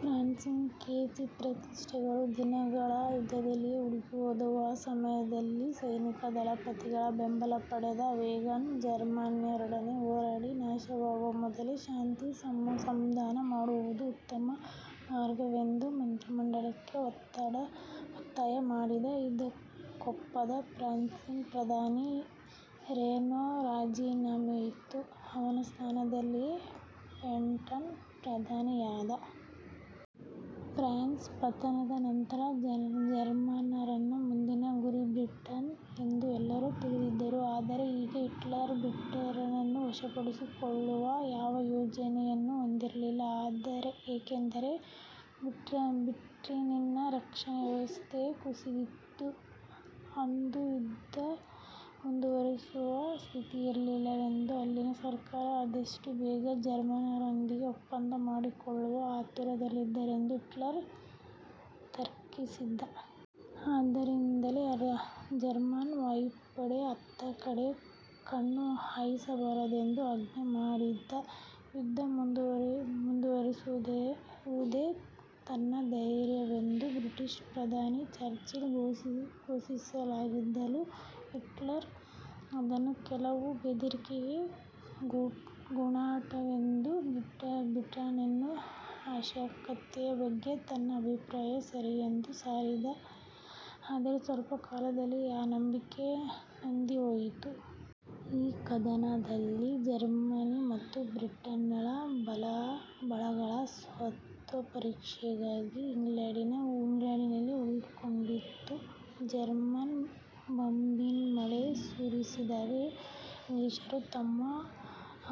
ಫ್ರಾನ್ಸಿನ ಕೀರ್ತಿಪ್ರತಿಷ್ಠೆಗಳು ದಿನಗಳ ಯುದ್ಧದಲ್ಲಿಯೇ ಉಡುಗಿಹೋದವು. ಈ ಸಮಯದಲ್ಲಿ ಸೈನಿಕ ದಳಪತಿಗಳ ಬೆಂಬಲ ಪಡೆದ ವೇಗಾನ್ ಜರ್ಮನ್ನರೊಡನೆ ಹೋರಾಡಿ ನಾಶವಾಗುವ ಮೊದಲೇ ಶಾಂತಿ ಸಂಧಾನ ಮಾಡುವುದು ಉತ್ತಮ ಮಾರ್ಗವೆಂದು ಮಂತ್ರಿಮಂಡಲಕ್ಕೆ ಒತ್ತಾಯ ಮಾಡಿದ. ಇದಕ್ಕೊಪ್ಪದ ಫ್ರಾನ್ಸಿನ ಪ್ರಧಾನಿ ರೇನೋ ರಾಜಿನಾಮೆಯಿತ್ತ. ಅವನ ಸ್ಥಾನದಲ್ಲಿ ಪೇಟನ್ ಪ್ರಧಾನಿಯಾದ. ಫ್ರಾನ್ಸ್ನ ಪತನದ ಅನಂತರ ಜರ್ಮನ್ನರ ಮುಂದಿನ ಗುರಿ ಬ್ರಿಟನ್ ಎಂದು ಎಲ್ಲರೂ ತಿಳಿದಿದ್ದರು. ಆದರೆ ಆಗ ಹಿಟ್ಲರ್ ಬ್ರಿಟನ್ನನ್ನು ವಶಪಡಿಸಿಕೊಳ್ಳುವ ಯಾವ ಯೋಜನೆಯನ್ನೂ ಹೊಂದಿರಲಿಲ್ಲ. ಏಕೆಂದರೆ, ಬ್ರಿಟನ್ನಿನ ರಕ್ಷಣಾ ವ್ಯವಸ್ಥೆ ಕುಸಿದಿದ್ದು, ಅದು ಯುದ್ಧ ಮುಂದುವರಿಸುವ ಸ್ಥಿತಿಯಲ್ಲಿರಲಿಲ್ಲವೆಂದೂ ಅಲ್ಲಿನ ಸರ್ಕಾರ ಆದಷ್ಟು ಬೇಗ ಜರ್ಮನ್ನರೊಂದಿಗೆ ಒಪ್ಪಂದ ಮಾಡಿಕೊಳ್ಳುವ ಆತುರದಲ್ಲಿದೆಯೆಂದೂ ಹಿಟ್ಲರ್ ತರ್ಕಿಸಿದ್ದ. ಆದ್ದರಿಂದಲೇ ಜರ್ಮನ್ ವಾಯುಪಡೆ ಅತ್ತ ಕಡೆ ಕಣ್ಣು ಹಾಯಿಸಬಾರದೆಂದು ಆಜ್ಞೆ ಮಾಡಿದ್ದ. ಯುದ್ಧ ಮುಂದುವರಿಸುವುದೇ ತನ್ನ ಧ್ಯೇಯವೆಂದು ಬ್ರಿಟಿಷ್ ಪ್ರಧಾನಿ ಚರ್ಚಿಲ್ ಘೋಷಿಸಿದಾಗಲೂ ಹಿಟ್ಲರ್ ಅದನ್ನು ಕೇವಲ ಬೆದರಿಕೆಯ ಕೂಗಾಟವೆಂದೂ ಬ್ರಿಟನ್ನಿನ ಅಶಕ್ತತೆಯ ಬಗ್ಗೆ ತನ್ನ ಅಭಿಪ್ರಾಯ ಸರಿಯೆಂದೂ ಸಾರಿದ. ಆದರೆ ಸ್ವಲ್ಪ ಕಾಲದಲ್ಲೇ ಆ ನಂಬಿಕೆ ನಂದಿಹೋಯಿತು. ಈ ಕದನದಲ್ಲಿ ಜರ್ಮನಿ ಮತ್ತು ಬ್ರಿಟನ್ಗಳ ಬಲಾಬಲಗಳ ಸತ್ತ್ವಪರೀಕ್ಷೆಯಾಗಿ ಇಂಗ್ಲೆಂಡ್ ಉಳಿದುಕೊಂಡಿತು. ಜರ್ಮನ್ ಬಾಂಬಿನ ಮಳೆ ಸುರಿಸಿದಾಗ ಇಂಗ್ಲಿಷರು ತಮ್ಮ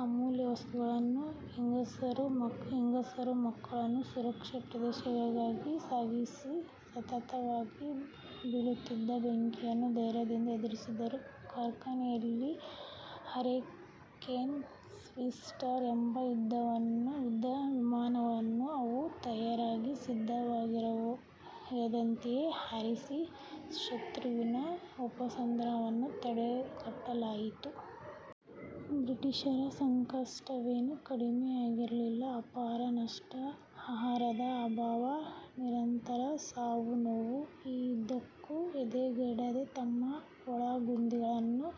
ಅಮೂಲ್ಯವಸ್ತುಗಳನ್ನೂ ಹೆಂಗಸರು ಮಕ್ಕಳನ್ನೂ ಸುರಕ್ಷಿತ ಪ್ರದೇಶಗಳಿಗೆ ಸಾಗಿಸಿ ಸತತವಾಗಿ ಬೀಳುತ್ತಿದ್ದ ಬೆಂಕಿಯನ್ನು ಧೈರ್ಯದಿಂದ ಎದುರಿಸಿದರು. ಕಾರ್ಖಾನೆಗಳಲ್ಲಿ ಹರಿಕೇನ್, ಸ್ಪಿಟ್ಫೈರ್ ಎಂಬ ಯುದ್ಧವಿಮಾನಗಳನ್ನು ಅವು ತಯಾರಾಗಿ ಸಿದ್ದವಾಗುತ್ತಿದ್ದಂತೆಯೇ ಹಾರಿಸಿ ಶತ್ರುವಿನ ಉಪದ್ರವವನ್ನು ತಡೆಗಟ್ಟಲಾಯಿತು. ಬ್ರಿಟಿಷರ ಸಂಕಟವೇನೂ ಕಡಿಮೆಯಿರಲಿಲ್ಲ. ಅಪಾರ ನಷ್ಟ, ಆಹಾರದ ಅಭಾವ, ನಿರಂತರ ಸಾವುನೋವು ಈ ಯಾವುದಕ್ಕೂ ಎದೆಗೆಡದೆ ತಮ್ಮ ಒಳಗುದಿಗಳನ್ನು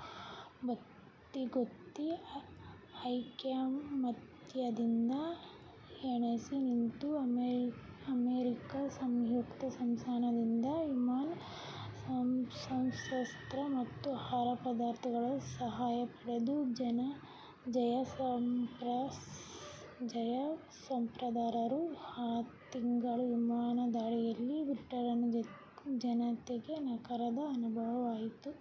ಬದಿಗೊತ್ತಿ ಐಕಮತ್ಯದಿಂದ ಸೆಣಸಿ ನಿಂತು, ಅಮೆರಿಕ ಸಂಯುಕ್ತ ಸಂಸ್ಥಾನದಿಂದ ವಿಮಾನ, ಶಸ್ತ್ರಾಸ್ತ್ರ ಮತ್ತು ಆಹಾರ ಪದಾರ್ಥಗಳ ಸಹಾಯ ಪಡೆದು ಜಯಪ್ರದರಾದರು. ಆ ತಿಂಗಳ ವಿಮಾನದಾಳಿಯಲ್ಲಿ ಬ್ರಿಟನ್ನಿನ ಜನತೆಗೆ ನರಕದ ಅನುಭವವಾಯಿತು.